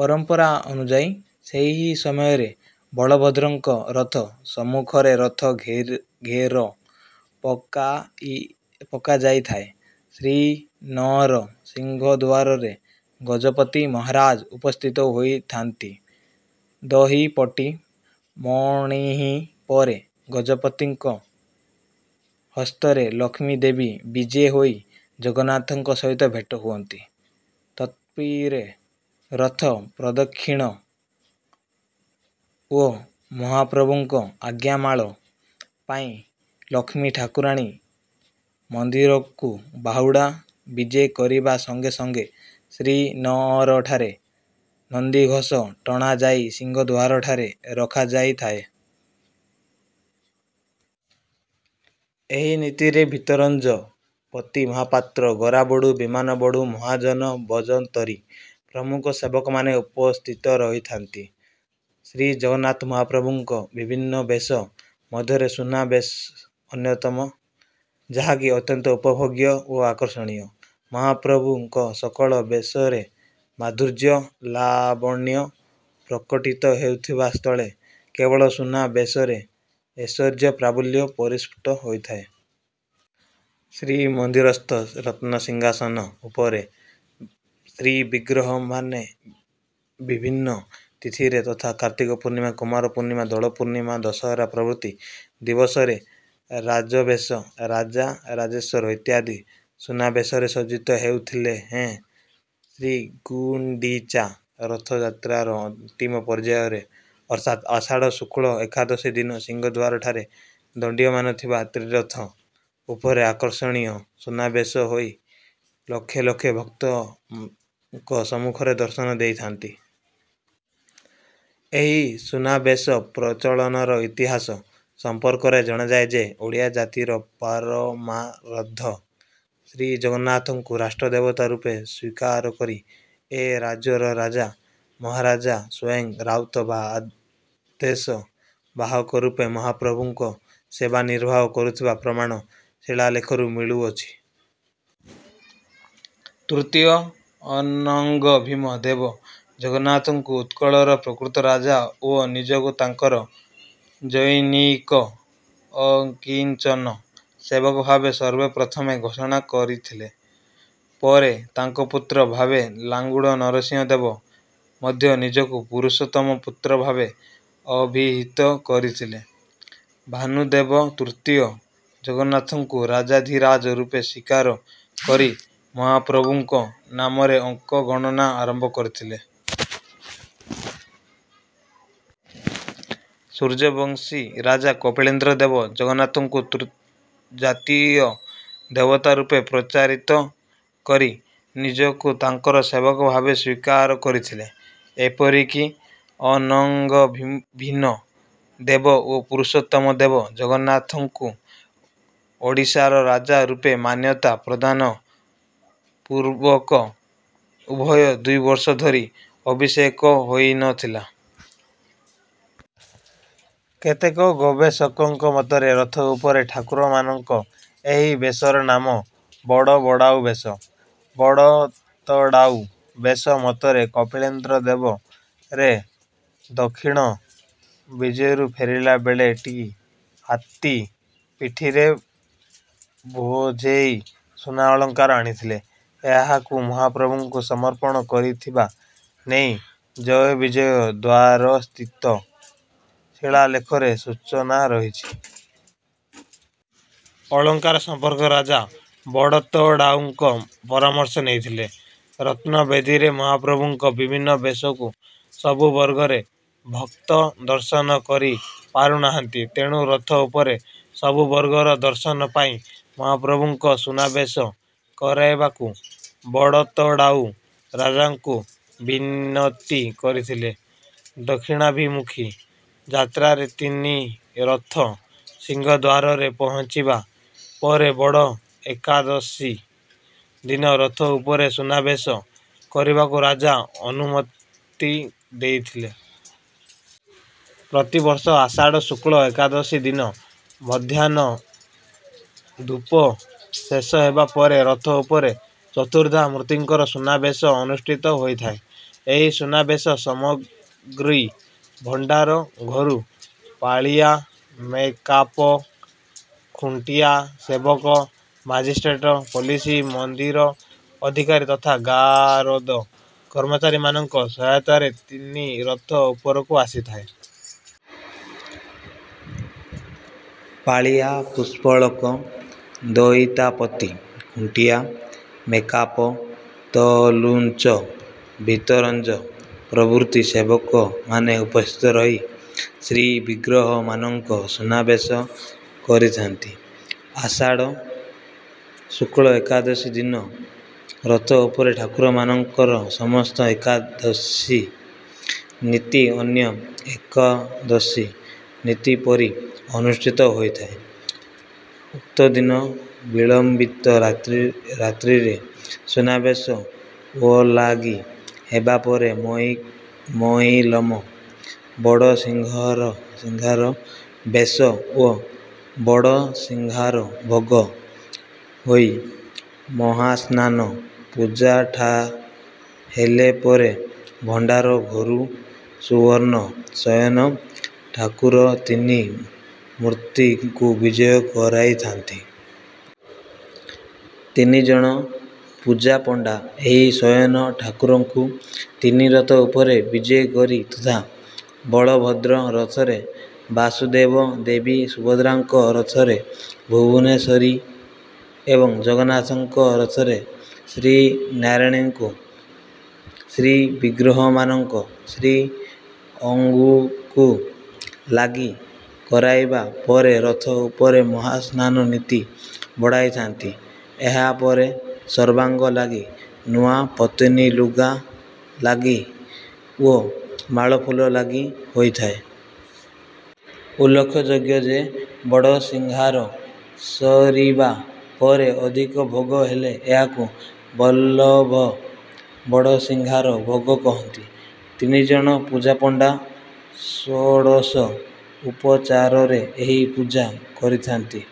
ପରମ୍ପରା ଅନୁଯାୟୀ ସେହି ସମୟରେ ବଳଭଦ୍ରଙ୍କ ରଥ ସମ୍ମୁଖରେ ରଥ ଘେର ପକାଯାଇଥାଏ। ଶ୍ରୀନଅର ସିଂହଦ୍ୱାରରେ ଗଜପତି ମହାରାଜା ଉପସ୍ଥିତ ହୋଇଥାନ୍ତି। ଦହିପଟି ମଣୋହି ପରେ ଗଜପତିଙ୍କ ହସ୍ତରେ ଲକ୍ଷ୍ମୀ ଦେବୀ ବିଜେ ହୋଇ ଜଗନ୍ନାଥଙ୍କ ସହିତ ଭେଟ ହୁଅନ୍ତି। ତତ୍ପରେ ରଥ ପ୍ରଦକ୍ଷିଣ ଓ ମହାପ୍ରଭୁଙ୍କ ଆଜ୍ଞାମାଳ ପାଇ ଲକ୍ଷ୍ମୀ ଠାକୁରାଣୀ ଶ୍ରୀମନ୍ଦିରକୁ ବାହୁଡା଼ ବିଜେ କରିବା ସଙ୍ଗେ ସଙ୍ଗେ ଶ୍ରୀନଅରଠାରୁ ନନ୍ଦିଘୋଷ ଟଣା ଯାଇ ସିଂହଦ୍ୱାରଠାରେ ରଖାଯାଇଥାଏ। ଏହି ନୀତିରେ ଭିତରଚ୍ଛ, ପତି ମହାପାତ୍ର, ଗରାବଡ଼ୁ, ବିମାନବଡ଼ୁ, ମହାଜନ, ବଜନ୍ତରୀ ପ୍ରମୁଖ ସେବକମାନେ ଉପସ୍ଥିତ ରହିଥାନ୍ତି। ଶ୍ରୀଜଗନ୍ନାଥ ମହାପ୍ରଭୁଙ୍କ ବିଭିନ୍ନ ବେଶ ମଧ୍ୟରେ ସୁନା ବେଶ ଅନ୍ୟତମ, ଯାହାକି ଅତ୍ୟନ୍ତ ଉପଭୋଗ୍ୟ ଓ ଆକର୍ଷଣୀୟ। ମହାପ୍ରଭୁଙ୍କ ସକଳ ବେଶରେ ମାଧୁର୍ଯ୍ୟ ଲାବଣ୍ୟ ପ୍ରକଟିତ ହେଉଥିବା ସ୍ଥଳେ, କେବଳ ସୁନା ବେଶରେ ଐଶ୍ୱର୍ଯ୍ୟ ପ୍ରାବଲ୍ୟ ପରିସ୍ଫୁଟ ହୋଇଥାଏ। ଶ୍ରୀମନ୍ଦିରସ୍ଥ ରତ୍ନସିଂହାସନ ଉପରେ ଶ୍ରୀବିଗ୍ରହମାନେ ବିଭିନ୍ନ ତିଥିରେ ଯଥା: କାର୍ତ୍ତିକ ପୂର୍ଣ୍ଣିମା, କୁମାର ପୂର୍ଣ୍ଣିମା, ଦୋଳ ପୂର୍ଣ୍ଣିମା, ଦଶହରା ପ୍ରଭୃତି ଦିବସମାନଙ୍କରେ ରାଜବେଶ, ରାଜା ରାଜେଶ୍ୱର ଇତ୍ୟାଦି ସୁନାବେଶରେ ସଜ୍ଜିତ ହେଉଥିଲେ ହେଁ ଶ୍ରୀଗୁଣ୍ଡିଚା ରଥଯାତ୍ରାର ଅନ୍ତିମ ପର୍ଯ୍ୟାୟରେ ଅର୍ଥାତ ଆଷାଢ଼ ଶୁକ୍ଲ ଏକାଦଶୀ ଦିନ ସିଂହଦ୍ୱାରଠାରେ ଦଣ୍ଡାୟମାନ ଥିବା ତ୍ରିରଥ ଉପରେ ଆକର୍ଷଣୀୟ ସୁନାବେଶ ହୋଇ ଲକ୍ଷ ଲକ୍ଷ ଭକ୍ତଙ୍କ ସମ୍ମୁଖରେ ଦର୍ଶନ ଦେଇଥାନ୍ତି। ଏହି ସୁନାବେଶ ପ୍ରଚଳନର ଇତିହାସ ସମ୍ପର୍କରେ ଜଣାଯାଏ ଯେ, ଓଡ଼ିଆ ଜାତିର ପରମାରାଧ୍ୟ ଶ୍ରୀଜଗନ୍ନାଥଙ୍କୁ ରାଷ୍ଟ୍ର ଦେବତା ରୂପେ ସ୍ୱୀକାର କରି ଏ ରାଜ୍ୟର ରାଜା ମହାରାଜାମାନେ ସ୍ୱୟଂ ରାଉତ ବା ଆଦେଶ ବାହକ ରୂପେ ମହାପ୍ରଭୁଙ୍କ ସେବା ନିର୍ବାହ କରିଥିବା ପ୍ରମାଣ ଶିଳାଲେଖରୁ ମିଳୁଅଛି। ତୃତୀୟ ଅନଙ୍ଗଭୀମ ଦେବ ଜଗନ୍ନାଥଙ୍କୁ ଉତ୍କଳର ପ୍ରକୃତ ରାଜା ଓ ନିଜକୁ ତାଙ୍କର ଜନୈକ ଅକିଞ୍ଚନ ସେବକ ଭାବେ ସର୍ବପ୍ରଥମେ ଘୋଷଣା କରିଥିଲେ। ପରେ ତାଙ୍କ ପୁତ୍ର ଭାବେ ଲାଙ୍ଗୁଳା ନରସିଂହ ଦେବ ମଧ୍ୟ ନିଜକୁ ପୁରୁଷୋତ୍ତମ ପୁତ୍ର ଭାବେ ଅଭିହିତ କରିଥିଲେ। ଭାନୁଦେବ ତୃତୀୟ ଜଗନ୍ନାଥଙ୍କୁ ରାଜାଧିରାଜ ରୂପେ ସ୍ୱୀକାର କରି ମହାପ୍ରଭୁଙ୍କ ନାମରେ ଅଙ୍କ ଗଣନା ଆରମ୍ଭ କରିଥିଲେ। ସୂର୍ଯ୍ୟବଂଶୀ ରାଜା କପିଳେନ୍ଦ୍ର ଦେବ ଜଗନ୍ନାଥଙ୍କୁ ଜାତୀୟ ଦେବତା ରୂପେ ପ୍ରଚାରିତ କରି ନିଜକୁ ତାଙ୍କର ସେବକ ଭାବେ ସ୍ୱୀକାର କରିଥିଲେ। ଏପରିକି ଅନଙ୍ଗଭୀନ ଦେବ ଓ ପୁରୁଷୋତ୍ତମ ଦେବ ଜଗନ୍ନାଥଙ୍କୁ ଓଡ଼ିଶାର ରାଜା ରୂପେ ମାନ୍ୟତା ପ୍ରଦାନ ପୂର୍ବକ ଉଭୟ ଦୁଇବର୍ଷ ଧରି ଅଭିଷେକ ହୋଇନଥିଲେ। କେତେକ ଗବେଷକଙ୍କ ମତରେ ରଥ ଉପରେ ଠାକୁରମାନଙ୍କ ଏହି ବେଶର ନାମ ବଡ଼ ବଢା଼ଉ ବେଶ। ବଡ଼ତଢାଉ ବେଶ ମତରେ କପିଳେନ୍ଦ୍ର ଦେବ ରେ ଦକ୍ଷିଣ ବିଜୟରୁ ଫେରିବା ବେଳେ ଟି ହାତୀ ପିଠିରେ ବୋଝେଇ ସୁନାଅଳଙ୍କାର ଆଣିଥିଲେ ଏହାକୁ ମହାପ୍ରଭୁଙ୍କୁ ସମର୍ପଣ କରିଥିବା ନେଇ ଜୟବିଜୟ ଦ୍ୱାରସ୍ଥିତ ଶିଳାଲେଖରେ ସୂଚନା ରହିଛି। ଅଳଙ୍କାର ସମ୍ପର୍କରେ ରାଜା ବଡ଼ତଢାଉଙ୍କ ପରାମର୍ଶ ନେଇଥିଲେ। ରତ୍ନବେଦିରେ ମହାପ୍ରଭୁଙ୍କ ବିଭିନ୍ନ ବେଶକୁ ସବୁବର୍ଗରେ ଭକ୍ତ ଦର୍ଶନ କରି ପାରୁନାହାନ୍ତି ତେଣୁ ରଥ ଉପରେ ସବୁବର୍ଗର ଦର୍ଶନ ପାଇଁ ମହାପ୍ରଭୁଙ୍କ ସୁନାବେଶ କରେଇବାକୁ ବଡ଼ତଢାଉ ରାଜାଙ୍କୁ ବିନତି କରିଥିଲେ। ଦକ୍ଷିଣାଭିମୁଖୀ ଯାତ୍ରାରେ ତିନି ରଥ ସିଂହଦ୍ୱାରରେ ପହଞ୍ଚିବା ପରେ ବଡ଼ ଏକାଦଶୀ ଦିନ ରଥ ଉପରେ ସୁନାବେଶ କରିବାକୁ ରାଜା ଅନୁମତି ଦେଇଥିଲେ। ପ୍ରତିବର୍ଷ ଆଷାଢ଼ ଶୁକ୍ଳ ଏକାଦଶୀ ଦିନ ମଧ୍ୟାହ୍ନ ଧୂପ ଶେଷ ହେବା ପରେ ରଥ ଉପରେ ଚତୁର୍ଦ୍ଧାମୂର୍ତ୍ତିଙ୍କର ସୁନା ବେଶ ଅନୁଷ୍ଠିତ ହୋଇଥାଏ। ଏହି ସୁନା ବେଶ ସାମଗ୍ରୀ ଭଣ୍ଡାର ଘରୁ ପାଳିଆ ମେକାପ, ଖୁଣ୍ଟିଆ ସେବକ, ମାଜିଷ୍ଟ୍ରେଟ, ପୋଲିସ, ମନ୍ଦିର ଅଧିକାରୀ ତଥା ଗାରଦ କର୍ମଚାରୀମାନଙ୍କ ସହାୟତାରେ ତିନି ରଥ ଉପରକୁ ଆସିଥାଏ। ପାଳିଆ ପୁଷ୍ପାଳକ, ଦଇତାପତି, ଖୁଣ୍ଟିଆ ମେକାପ, ତଳୁଚ୍ଛ, ଭିତରଚ୍ଛ ପ୍ରଭୃତି ସେବକମାନେ ଉପସ୍ଥିତ ରହି ଶ୍ରୀବିଗ୍ରହମାନଙ୍କ ସୁନାବେଶ କରିଥାନ୍ତି। ଆଷାଢ଼ ଶୁକ୍ଳ ଏକାଦଶୀ ଦିନ ରଥ ଉପରେ ଠାକୁରମାନଙ୍କର ସମସ୍ତ ଏକାଦଶୀ ନୀତି ଅନ୍ୟ ଏକଦଶୀ ନୀତି ପରି ଅନୁଷ୍ଠିତ ହୋଇଥାଏ। ଉକ୍ତଦିନ ବିଳମ୍ବିତ ରାତ୍ରରେ ସୁନାବେଶ ଓଲାଗି ହେବାପରେ ମଇଲମ, ବଡ଼ସିଂହାର ବେଶ ଓ ବଡ଼ସିଂହାର ଭୋଗ ହୋଇ ମହାସ୍ନାନ, ପୂଜା ଠା' ହେଲା ପରେ ଭଣ୍ଡାର ଘରୁ ସ୍ୱର୍ଣ୍ଣ୍ଣର ଶୟନ ଠାକୁର ତିନି ମୂର୍ତ୍ତିଙ୍କୁ ବିଜେ କରାଇଥାନ୍ତି। ତିନିଜଣ ପୂଜାପଣ୍ଡା ଏହି ଶୟନ ଠାକୁରଙ୍କୁ ତିନି ରଥ ଉପରକୁ ବିଜେ କରି ଯଥା ବଳଭଦ୍ର ରଥରେ ବାସୁଦେବ, ଦେବୀ ସୁଭଦ୍ରାଙ୍କ ରଥରେ ଭୁବନେଶ୍ୱରୀ ଏବଂ ଜଗନ୍ନାଥଙ୍କ ରଥରେ ଶ୍ରୀନାରାୟଣଙ୍କୁ ଶ୍ରୀବିଗ୍ରହମାନଙ୍କ ଶ୍ରୀଅଙ୍ଗକୁ ଲାଗି କରାଇବା ପରେ ରଥ ଉପରେ ମହାସ୍ନାନ ନୀତି ବଢ଼ାଇଥାନ୍ତି। ଏହାପରେ ସର୍ବାଙ୍ଗ ଲାଗି, ନୂଆ ପତନି ଲୁଗା ଲାଗି ଓ ମାଳଫୁଲ ଲାଗି ହୋଇଥାଏ। ଉଲ୍ଲେଖଯୋଗ୍ୟ ଯେ, ବଡ଼ସିଂହାର ସରିବା ପରେ ଅଧିକା ଭୋଗ ହେଲେ ଏହାକୁ ବଲ୍ଲଭ ବଡ଼ସିଂହାର ଭୋଗ କହନ୍ତି। ତିନିଜଣ ପୂଜାପଣ୍ଡା ଷୋଡ଼ଶ ଉପଚାରରେ ଏହି ପୂଜା କରିଥାନ୍ତି।